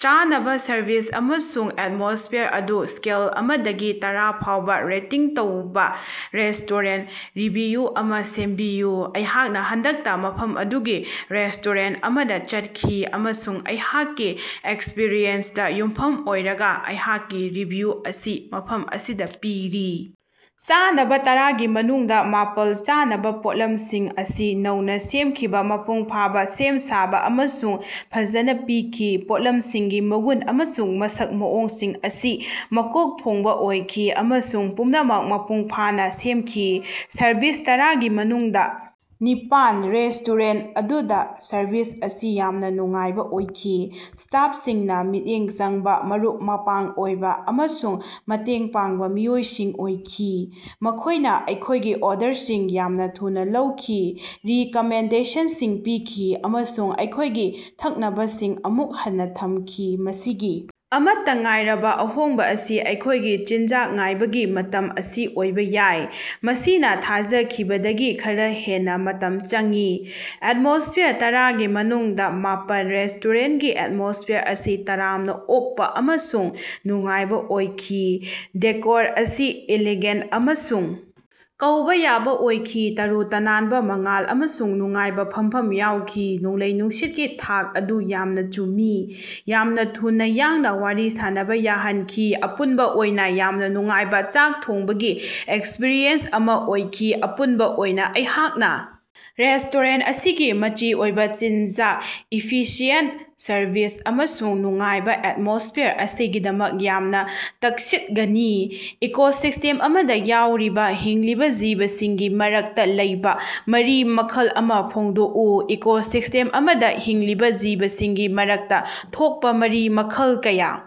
ꯆꯥꯅꯕ ꯁꯔꯚꯤꯁ ꯑꯃꯁꯨꯡ ꯑꯦꯠꯃꯣꯁꯐ꯭ꯌꯔ ꯑꯗꯨ ꯁ꯭ꯀꯦꯜ ꯑꯃꯗꯒꯤ ꯇꯔꯥ ꯐꯥꯎꯗ ꯔꯦꯇꯤꯡ ꯇꯧꯕ ꯔꯦꯁꯇꯣꯔꯦꯟꯇ ꯔꯤꯚꯤꯌꯨ ꯑꯃ ꯁꯦꯝꯃꯨ꯫ ꯑꯩꯍꯥꯛꯅ ꯍꯟꯗꯛꯇ ꯃꯐꯝ ꯑꯗꯨꯒꯤ ꯔꯦꯁꯇꯣꯔꯦꯟꯇ ꯑꯃꯗ ꯆꯠꯈꯤ ꯑꯃꯁꯨꯡ ꯑꯩꯍꯥꯛꯀꯤ ꯑꯦꯛꯁꯄꯔꯤꯌꯦꯟꯁꯇ ꯌꯨꯝꯐꯝ ꯑꯣꯏꯔꯒ ꯑꯩꯍꯥꯛꯀꯤ ꯔꯤꯚꯤꯌꯨ ꯑꯁꯤ ꯃꯐꯝ ꯑꯁꯤꯗ ꯄꯤꯔꯤ꯫ ꯆꯥꯅꯕ ꯇꯔꯥꯒꯤ ꯃꯅꯨꯡꯗ ꯃꯥꯄꯜ, ꯆꯥꯅꯕ ꯄꯣꯠꯂꯝꯁꯤꯡ ꯑꯁꯤ ꯅꯧꯅ ꯁꯦꯝꯈꯤꯕ, ꯃꯄꯨꯡ ꯐꯥꯅ ꯁꯦꯝ ꯁꯥꯕ ꯑꯃꯁꯨꯡ ꯐꯖꯅ ꯄꯤꯈꯤ꯫ ꯄꯣꯠꯂꯝꯁꯤꯡꯒꯤ ꯃꯒꯨꯟ ꯑꯃꯁꯨꯡ ꯃꯁꯛ ꯃꯑꯣꯡꯁꯤꯡ ꯑꯁꯤ ꯃꯀꯣꯛ ꯊꯣꯡꯕ ꯑꯣꯏꯈꯤ ꯑꯃꯁꯨꯡ ꯄꯨꯝꯅꯃꯛ ꯃꯄꯨꯡ ꯐꯥꯅ ꯁꯦꯝꯈꯤ꯫ ꯁꯔꯚꯤꯁ ꯇꯔꯥꯒꯤ ꯃꯅꯨꯡꯗ ꯅꯤꯄꯥꯜ ꯔꯦꯁꯇꯣꯔꯦꯟꯇ ꯑꯗꯨꯗ ꯁꯔꯚꯤꯁ ꯑꯁꯤ ꯌꯥꯝꯅ ꯅꯨꯡꯉꯥꯏꯕ ꯑꯣꯏꯈꯤ꯫ ꯁ꯭ꯇꯥꯐꯁꯤꯡꯅ ꯃꯤꯠꯌꯦꯡ ꯆꯪꯕ ꯃꯔꯨꯞ-ꯃꯄꯥꯡ ꯑꯣꯏꯕ ꯑꯃꯁꯨꯡ ꯃꯇꯦꯡ ꯄꯥꯡꯕ ꯃꯤꯑꯣꯏꯁꯤꯡ ꯑꯣꯏꯈꯤ꯫ ꯃꯈꯣꯏꯅ ꯑꯩꯈꯣꯏꯒꯤ ꯑꯣꯔꯗꯔꯁꯤꯡ ꯌꯥꯝꯅ ꯊꯨꯅ ꯂꯧꯈꯤ ꯔꯤꯀꯃꯦꯟꯗꯦꯁꯟꯁꯤꯡ ꯄꯤꯈꯤ ꯑꯃꯁꯨꯡ ꯑꯩꯈꯣꯏꯒꯤ ꯊꯛꯅꯕꯁꯤꯡ ꯑꯃꯨꯛ ꯍꯟꯅ ꯊꯝꯈꯤ꯫ ꯃꯁꯤꯒꯤ ꯑꯃꯠꯇ ꯉꯥꯏꯔꯕ ꯑꯍꯣꯡꯕ ꯑꯁꯤ ꯑꯩꯈꯣꯏꯒꯤ ꯆꯤꯟꯖꯥꯛ ꯉꯥꯏꯕꯒꯤ ꯃꯇꯝ ꯑꯁꯤ ꯑꯣꯏꯕ ꯌꯥꯏ, ꯃꯁꯤꯅ ꯊꯥꯖꯈꯤꯕꯗꯒꯤ ꯈꯔ ꯍꯦꯟꯅ ꯃꯇꯝ ꯆꯪꯈꯤ꯫ ꯑꯦꯠꯃꯣꯁꯐ꯭ꯌꯔ ꯇꯔꯥꯒꯤ ꯃꯅꯨꯡꯗ ꯃꯥꯄꯜ, ꯔꯦꯁꯇꯣꯔꯦꯟꯇꯀꯤ ꯑꯦꯠꯃꯣꯁꯐ꯭ꯌꯔ ꯑꯁꯤ ꯇꯔꯥꯝꯅ ꯑꯣꯛꯄ ꯑꯃꯁꯨꯡ ꯅꯨꯡꯉꯥꯏꯕ ꯑꯣꯏꯈꯤ꯫ ꯗꯦꯀꯣꯔ ꯑꯁꯤ ꯏꯂꯤꯒꯦꯟꯇ ꯑꯃꯁꯨꯡ ꯀꯧꯕ ꯌꯥꯕ ꯑꯣꯏꯈꯤ, ꯇꯔꯨ ꯇꯅꯥꯟꯕ ꯃꯉꯥꯜ ꯑꯃꯁꯨꯡ ꯅꯨꯡꯉꯥꯏꯕ ꯐꯝꯐꯝ ꯌꯥꯎꯈꯤ꯫ ꯅꯣꯡꯂꯩ-ꯅꯨꯡꯁꯤꯠꯀꯤ ꯊꯥꯛ ꯑꯗꯨ ꯌꯥꯝꯅ ꯆꯨꯝꯃꯤ, ꯌꯥꯝꯅ ꯊꯨꯅ ꯌꯥꯡꯅ ꯋꯥꯔꯤ ꯁꯥꯅꯕ ꯌꯥꯍꯟꯈꯤ꯫ ꯑꯄꯨꯟꯕ ꯑꯣꯏꯅ ꯌꯥꯝꯅ ꯅꯨꯡꯉꯥꯏꯕ ꯆꯥꯛ ꯊꯣꯡꯕꯒꯤ ꯑꯦꯛꯁꯄꯔꯤꯌꯦꯟꯁ ꯑꯃ ꯑꯣꯏꯈꯤ꯫ ꯑꯄꯨꯟꯕ ꯑꯣꯏꯅ ꯑꯩꯍꯥꯛꯅ ꯔꯦꯁꯇꯣꯔꯦꯟꯇ ꯑꯁꯤꯒꯤ ꯃꯆꯤ ꯑꯣꯏꯕ ꯆꯤꯟꯖꯥꯛ, ꯏꯐꯤꯁꯤꯌꯦꯟꯇ ꯁꯔꯚꯤꯁ ꯑꯃꯁꯨꯡ ꯅꯨꯡꯉꯥꯏꯕ ꯑꯦꯠꯃꯣꯁꯐ꯭ꯌꯔ ꯑꯁꯤꯒꯤꯗꯃꯛ ꯌꯥꯝꯅ ꯇꯛꯁꯤꯠꯒꯅꯤ꯫ ꯏꯀꯣꯁꯤꯁꯇꯦꯝ ꯑꯃꯗ ꯌꯥꯎꯔꯤꯕ ꯍꯤꯡꯂꯤꯕ ꯖꯤꯕꯁꯤꯡꯒꯤ ꯃꯔꯛꯇ ꯂꯩꯕ ꯃꯔꯤ ꯃꯈꯜ ꯑꯃ ꯐꯣꯡꯗꯣꯛꯎ꯫ ꯏꯀꯣꯁꯤꯁꯇꯦꯝ ꯑꯃꯗ ꯍꯤꯡꯂꯤꯕ ꯖꯤꯕꯁꯤꯡꯒꯤ ꯃꯔꯛꯇ ꯊꯣꯛꯄ ꯃꯔꯤ ꯃꯈꯜ ꯀꯌꯥ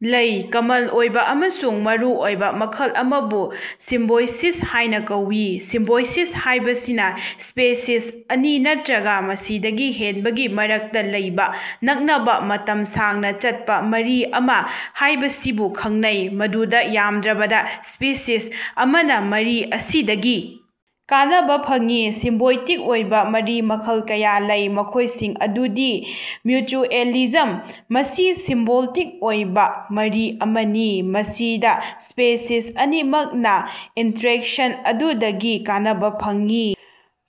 ꯂꯩ꯫ ꯀꯃꯟ ꯑꯣꯏꯕ ꯑꯃꯁꯨꯡ ꯃꯔꯨꯑꯣꯏꯕ ꯃꯈꯜ ꯑꯃꯕꯨ ꯁꯤꯝꯕꯣꯏꯁꯤꯁ ꯍꯥꯏꯅ ꯀꯧꯏ꯫ ꯁꯤꯝꯕꯣꯏꯁꯤꯁ ꯍꯥꯏꯕꯁꯤꯅ ꯁ꯭ꯄꯦꯁꯤꯁ ꯑꯅꯤ ꯅꯠꯇ꯭ꯔꯒ ꯃꯁꯤꯗꯒꯤ ꯍꯦꯟꯕꯒꯤ ꯃꯔꯛꯇ ꯂꯩꯕ ꯅꯛꯅꯕ, ꯃꯇꯝ ꯁꯥꯡꯅ ꯆꯠꯄ ꯃꯔꯤ ꯑꯃ ꯍꯥꯏꯕꯁꯤꯕꯨ ꯈꯪꯅꯩ, ꯃꯗꯨꯗ ꯌꯥꯝꯗ꯭ꯔꯕꯗ ꯁ꯭ꯄꯦꯁꯤꯁ ꯑꯃꯅ ꯃꯔꯤ ꯑꯁꯤꯗꯒꯤ ꯀꯥꯟꯅꯕ ꯐꯪꯏ꯫ ꯁꯤꯝꯕꯣꯏꯇꯤꯛ ꯑꯣꯏꯕ ꯃꯔꯤ ꯃꯈꯜ ꯀꯌꯥ ꯂꯩ, ꯃꯈꯣꯏꯁꯤꯡ ꯑꯗꯨꯗꯤ: ꯃ꯭ꯌꯨꯆꯨꯑꯦꯂꯤꯖꯝ: ꯃꯁꯤ ꯁꯤꯝꯕꯣꯏꯇꯤꯛ ꯑꯣꯏꯕ ꯃꯔꯤ ꯑꯃꯅꯤ, ꯃꯁꯤꯗ ꯁ꯭ꯄꯦꯁꯤꯁ ꯑꯅꯤꯃꯛꯅ ꯏꯟꯇꯔꯦꯛꯁꯟ ꯑꯗꯨꯗꯒꯤ ꯀꯥꯟꯅꯕ ꯐꯪꯏ꯫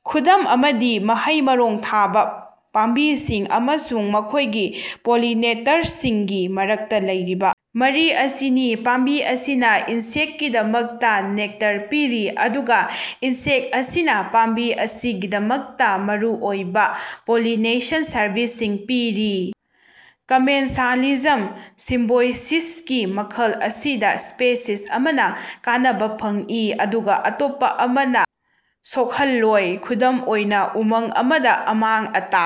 ꯈꯨꯗꯝ ꯑꯃꯗꯤ ꯃꯍꯩ-ꯃꯔꯣꯡ ꯊꯥꯕ ꯄꯥꯝꯕꯤꯁꯤꯡ ꯑꯃꯁꯨꯡ ꯃꯈꯣꯏꯒꯤ ꯄꯣꯂꯤꯅꯦꯇꯔꯁꯤꯡꯒꯤ ꯃꯔꯛꯇ ꯂꯩꯔꯤꯕ ꯃꯔꯤ ꯑꯁꯤꯅꯤ꯫ ꯄꯥꯝꯕꯤ ꯑꯁꯤꯅ ꯏꯟꯁꯦꯛꯇꯀꯤꯗꯃꯛꯇ ꯅꯦꯛꯇꯔ ꯄꯤꯔꯤ, ꯑꯗꯨꯒ ꯏꯟꯁꯦꯛꯇ ꯑꯁꯤꯅ ꯄꯥꯝꯕꯤ ꯑꯁꯤꯒꯤꯗꯃꯛꯇ ꯃꯔꯨꯑꯣꯏꯕ ꯄꯣꯂꯤꯅꯦꯁꯟ ꯁꯔꯚꯤꯁꯁꯤꯡ ꯄꯤꯔꯤ꯫ ꯀꯃꯦꯟꯁꯥꯂꯤꯖꯝ ꯁꯤꯝꯕꯣꯏꯁꯤꯁꯀꯤ ꯃꯈꯜ ꯑꯁꯤꯗ ꯁ꯭ꯄꯦꯁꯤꯁ ꯑꯃꯅ ꯀꯥꯟꯅꯕ ꯐꯪꯏ ꯑꯗꯨꯒ ꯑꯇꯣꯞꯄ ꯑꯃꯅ ꯁꯣꯛꯍꯜꯂꯣꯏ꯫ ꯈꯨꯗꯝ ꯑꯣꯏꯅ ꯎꯃꯪ ꯑꯃꯗ ꯑꯃꯥꯡ-ꯑꯇꯥ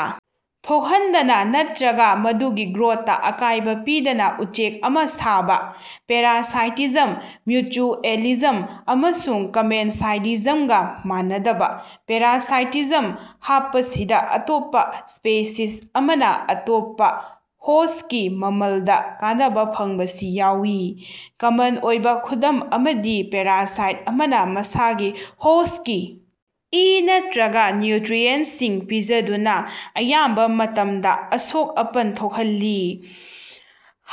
ꯊꯣꯛꯍꯟꯗꯅ ꯅꯠꯇ꯭ꯔꯒ ꯃꯗꯨꯒꯤ ꯒ꯭ꯔꯣꯊꯇ ꯑꯀꯥꯏꯕ ꯄꯤꯗꯅ ꯎꯆꯦꯛ ꯑꯃ ꯁꯥꯕ꯫ ꯄꯦꯔꯥꯁꯥꯏꯇꯤꯖꯝ ꯃ꯭ꯌꯨꯆꯨꯑꯦꯂꯤꯖꯝ ꯑꯃꯁꯨꯡ ꯀꯃꯦꯟꯁꯥꯂꯤꯖꯝꯒ ꯃꯥꯟꯅꯗꯕ, ꯄꯦꯔꯥꯁꯥꯏꯇꯤꯖꯝ ꯍꯥꯐꯕꯁꯤꯗ ꯑꯇꯣꯞꯄ ꯁ꯭ꯄꯦꯁꯤꯁ ꯑꯃꯅ ꯑꯇꯣꯞꯄ ꯍꯣꯁ꯭ꯠꯀꯤ ꯃꯃꯜꯗ ꯀꯥꯟꯅꯕ ꯐꯪꯕꯁꯤ ꯌꯥꯎꯏ꯫ ꯀꯃꯟ ꯑꯣꯏꯕ ꯈꯨꯗꯝ ꯑꯃꯗꯤ ꯄꯦꯔꯥꯁꯥꯏꯠ ꯑꯃꯅ ꯃꯁꯥꯒꯤ ꯍꯣꯁ꯭ꯠꯀꯤ ꯏ ꯅꯠꯇ꯭ꯔꯒ ꯅ꯭ꯌꯨꯇ꯭ꯔꯤꯑꯦꯟꯇꯁꯤꯡ ꯄꯤꯖꯗꯨꯅ ꯑꯌꯥꯝꯕ ꯃꯇꯝꯗ ꯑꯁꯣꯛ-ꯑꯄꯟ ꯊꯣꯛꯍꯜꯂꯤ꯫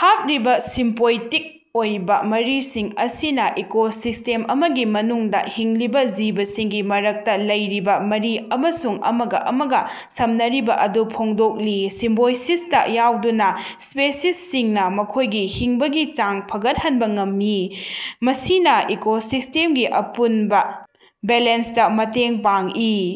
ꯍꯥꯐꯔꯤꯕ ꯁꯤꯝꯕꯣꯏꯇꯤꯛ ꯑꯣꯏꯕ ꯃꯔꯤꯁꯤꯡ ꯑꯁꯤꯅ ꯏꯀꯣꯁꯤꯁ꯭ꯇꯦꯝ ꯑꯃꯒꯤ ꯃꯅꯨꯡꯗ ꯍꯤꯡꯂꯤꯕ ꯖꯤꯕꯁꯤꯡꯒꯤ ꯃꯔꯛꯇ ꯂꯩꯔꯤꯕ ꯃꯔꯤ ꯑꯃꯁꯨꯡ ꯑꯃꯒ ꯑꯃꯒ ꯁꯝꯅꯔꯤꯕ ꯑꯗꯨ ꯐꯣꯡꯗꯣꯛꯂꯤ꯫ ꯁꯤꯝꯕꯣꯏꯁꯤꯁꯇ ꯌꯥꯎꯗꯨꯅ, ꯁ꯭ꯄꯦꯁꯤꯁꯁꯤꯡꯅ ꯃꯈꯣꯏꯒꯤ ꯍꯤꯡꯕꯒꯤ ꯆꯥꯡ ꯐꯒꯠꯍꯟꯕ ꯉꯝꯃꯤ, ꯃꯁꯤꯅ ꯏꯀꯣꯁꯤꯁꯇꯦꯝꯒꯤ ꯑꯄꯨꯟꯕ ꯕꯦꯂꯦꯟꯁꯇ ꯃꯇꯦꯡ ꯄꯥꯡꯏ꯫